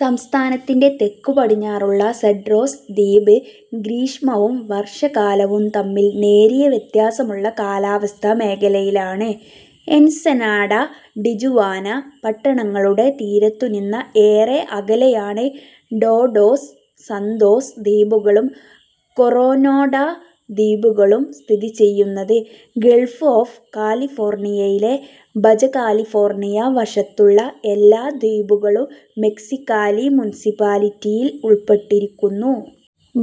സംസ്ഥാനത്തിൻറെ തെക്കുപടിഞ്ഞാറുള്ള Cedros ദ്വീപ് ഗ്രീഷ്മവും വർഷകാലവും തമ്മിൽ നേരിയ വ്യത്യാസമുള്ള കാലാവസ്ഥാ മേഖലയിലാണ്. എൻസെനാഡ, ടിജുവാന പട്ടണങ്ങളുടെ തീരത്തുനിന്ന ഏറെ അകലെയാണ് ടോഡോസ് സാന്തോസ് ദ്വീപുകളും കൊറോനാഡോ ദ്വീപുകളും സ്ഥിതി ചെയ്യുന്നത്. ഗൾഫ് ഓഫ് കാലിഫോർണിയയിലെ ബജ കാലിഫോർണിയ വശത്തുള്ള എല്ലാ ദ്വീപുകളും മെക്സിക്കാലി മുനിസിപ്പാലിറ്റിയിൽ ഉള്പ്പെട്ടിരിക്കുന്നു.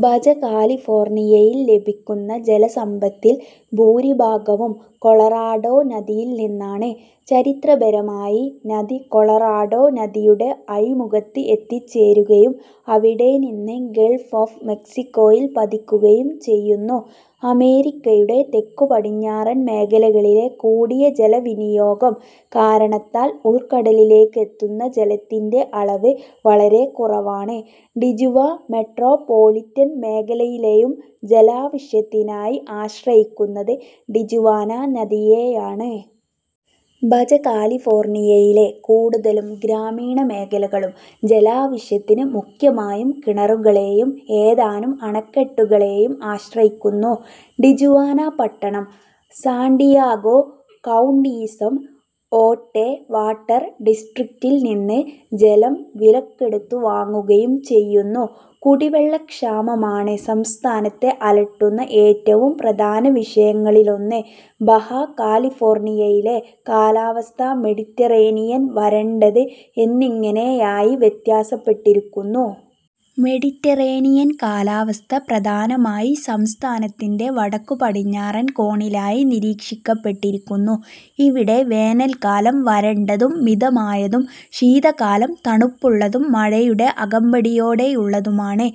ബജ കാലിഫോർണിയയിൽ ലഭിക്കുന്ന ജലസമ്പത്തിൽ ഭൂരിഭാഗവും കൊളറാഡോ നദിയിൽനിന്നാണ്. ചരിത്രപരമായി നദി കോളറോഡോ നദിയുടെ അഴിമുഖത്ത് എത്തിച്ചേരുകയും അവിടെനിന്ന് ഗൾഫ് ഓഫ് മെക്സിക്കോയിൽ പതിക്കുകയും ചെയ്യുന്നു. അമേരിക്കയുടെ തെക്കുപടിഞ്ഞാറൻ മേഖലകളിലെ കൂടിയ ജലവിനിയോഗം കാരണത്താൽ ഉൾക്കടലിലേയ്ക്കെത്തുന്ന ജലത്തിൻറ അളവ് വളരെ കുറവാണ്. ടിജുവാ മെട്രോപോളിറ്റൻ മേഖലയിലയും ജലാവശ്യത്തിനായി ആശ്രയിക്കുന്നത് ടിജുവാന നദിയെയാണ്. ബജ കാലിഫോർണിയയിലെ കൂടുതൽ ഗ്രാമീണമേഖലകളും ജലാവശ്യത്തിന് മുഖ്യമായും കിണറുകളെയും ഏതാനും അണക്കെട്ടുകളേയും ആശ്രയിക്കുന്നു. ടിജുവാന പട്ടണം, സാൻഡിയാഗോ കൌണ്ടിയിസം ഓട്ടെ വാട്ടർ ഡിസ്ട്രിക്റ്റിൽ നിന്ന് ജലം വിലകൊടുത്തു വാങ്ങുകയും ചെയ്യുന്നു. കുടിവെള്ള ക്ഷാമമാണ് സംസ്ഥാനത്തെ അലട്ടുന്ന ഏറ്റവും പ്രധാനവിഷയങ്ങളിലൊന്ന്. ബഹാ കാലിഫോർണിയയിലെ കാലാവസ്ഥ മെഡിറ്ററേനിയൻ, വരണ്ടത് എന്നിങ്ങനെയായി വ്യത്യാസപ്പെട്ടിരിക്കുന്നു. മെഡിറ്ററേനിയൻ കാലാവസ്ഥ പ്രധാനമായി സംസ്ഥാനത്തിന്റെ വടക്കുപടിഞ്ഞാറൻ കോണിലായി നിരീക്ഷിക്കപ്പെട്ടിരിക്കുന്നു. ഇവിടെ വേനൽക്കാലം വരണ്ടതും മിതമായതും ശീതകാലം തണുപ്പുള്ളതും മഴയുടെ അകമ്പടിയോടെയുള്ളതുമാണ്.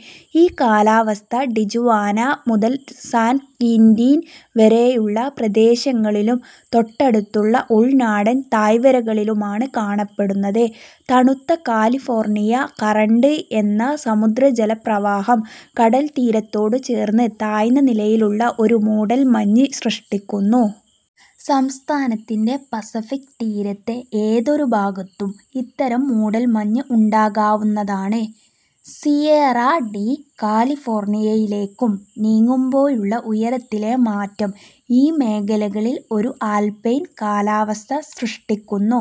ഈ കാലാവസ്ഥ ടിജുവാന മുതൽ സാൻ ക്വിന്റീൻ വരെയുള്ള പ്രദേശങ്ങളിലും തൊട്ടടുത്തുള്ള ഉൾനാടൻ താഴ്വരകളിലുമാണ് കാണപ്പെടുന്നത്. തണുത്ത കാലിഫോർണിയ കറണ്ട് എന്ന സമുദ്രജലപ്രവാഹം കടൽത്തീരത്തോടു ചേർന്ന് താഴ്ന്ന നിലയിലുള്ള ഒരു മൂടൽ മഞ്ഞ് സൃഷ്ടിക്കുന്നു. സംസ്ഥാനത്തിന്റെ പസഫിക് തീരത്തെ ഏതൊരു ഭാഗത്തും ഇത്തരം മൂടൽ മഞ്ഞ് ഉണ്ടാകാവുന്നതാണ്. സിയേറാ ഡി കാലിഫോർണിയയിലേയ്ക്കു നീങ്ങുമ്പോഴുള്ള ഉയരത്തിലെ മാറ്റം ഈ മേഖലകളിൽ ഒരു ആൽപൈൻ കാലാവസ്ഥ സൃഷ്ടിക്കുന്നു.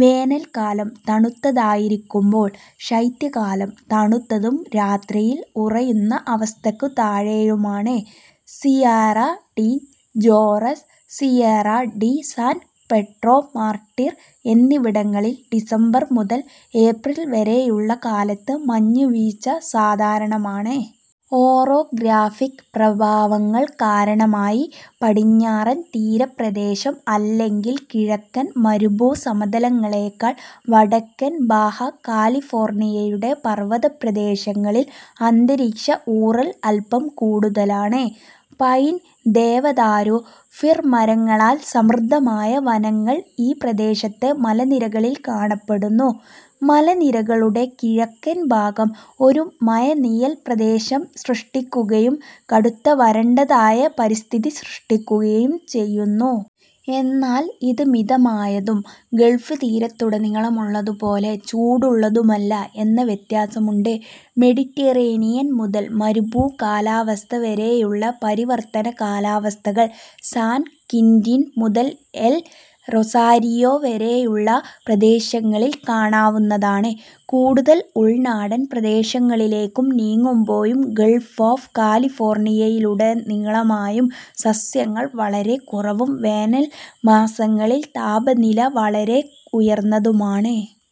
വേനൽക്കാലം തണുത്തതായിരിക്കുമ്പോൾ ശൈത്യകാലം തണുത്തതും രാത്രിയിൽ ഉറയുന്ന അവസ്ഥയ്ക്കു താഴെയുമാണ്. Sierra de Juarez, Sierra de San Pedro Martir എന്നിവിടങ്ങളിൽ ഡിസംബർ മുതൽ ഏപ്രിൽ വരെയുള്ള കാലത്ത് മഞ്ഞുവീഴ്ച് സാധാരണമാണ്. ഓറോഗ്രാഫിക്ക് പ്രഭാവങ്ങൾ കാരണമായി, പടിഞ്ഞാറൻ തീരപ്രദേശം അല്ലെങ്കിൽ കിഴക്കൻ മരുഭൂ സമതലങ്ങളേക്കാൾ വടക്കൻ ബാഹ കാലിഫോർണിയയുടെ പർവ്വതപ്രദേശങ്ങളിൽ അന്തരീക്ഷ ഊറൽ അൽപ്പം കൂടുതലാണ്. പൈൻ, ദേവദാരു, ഫിർ മരങ്ങളാൽ സമൃദ്ധമായ വനങ്ങൾ ഈ പ്രദേശത്തെ മലനിരകളിൽ കാണപ്പെടുന്നു. മലനിരകളുടെ കിഴക്കൻ ഭാഗം ഒരു മഴനിഴൽ പ്രദേശം സൃഷ്ടിക്കുകയും കടുത്ത വരണ്ടതായ പരിസ്ഥിതി സൃഷ്ടിക്കുകയും ചെയ്യുന്നു. എന്നാൽ ഇത് മിതമായതും ഗൾഫ് തീരത്തുടനീളമുള്ളതുപോലെ ചൂടുള്ളതുമല്ല എന്ന വ്യത്യാസമുണ്ട്. മെഡിറ്ററേനിയൻ മുതൽ മരുഭൂ കാലാവസ്ഥ വരെയുള്ള പരിവർത്തന കാലാവസ്ഥകൾ സാൻ ക്വിന്റിൻ മുതൽ എൽ റൊസാരിയോ വരെയുള്ള പ്രദേശങ്ങളിൽ കാണാവുന്നതാണ്. കൂടുതൽ ഉൾനാടൻ പ്രദേശങ്ങളിലേയ്ക്കു നീങ്ങുമ്പോഴും ഗൾഫ് ഓഫ് കാലിഫോർണിയയിലുടനീളമായും സസ്യങ്ങൾ വളരെ കുറവും വേനൽ മാസങ്ങളിൽ താപനില വളരെ ഉയർന്നതുമാണ്.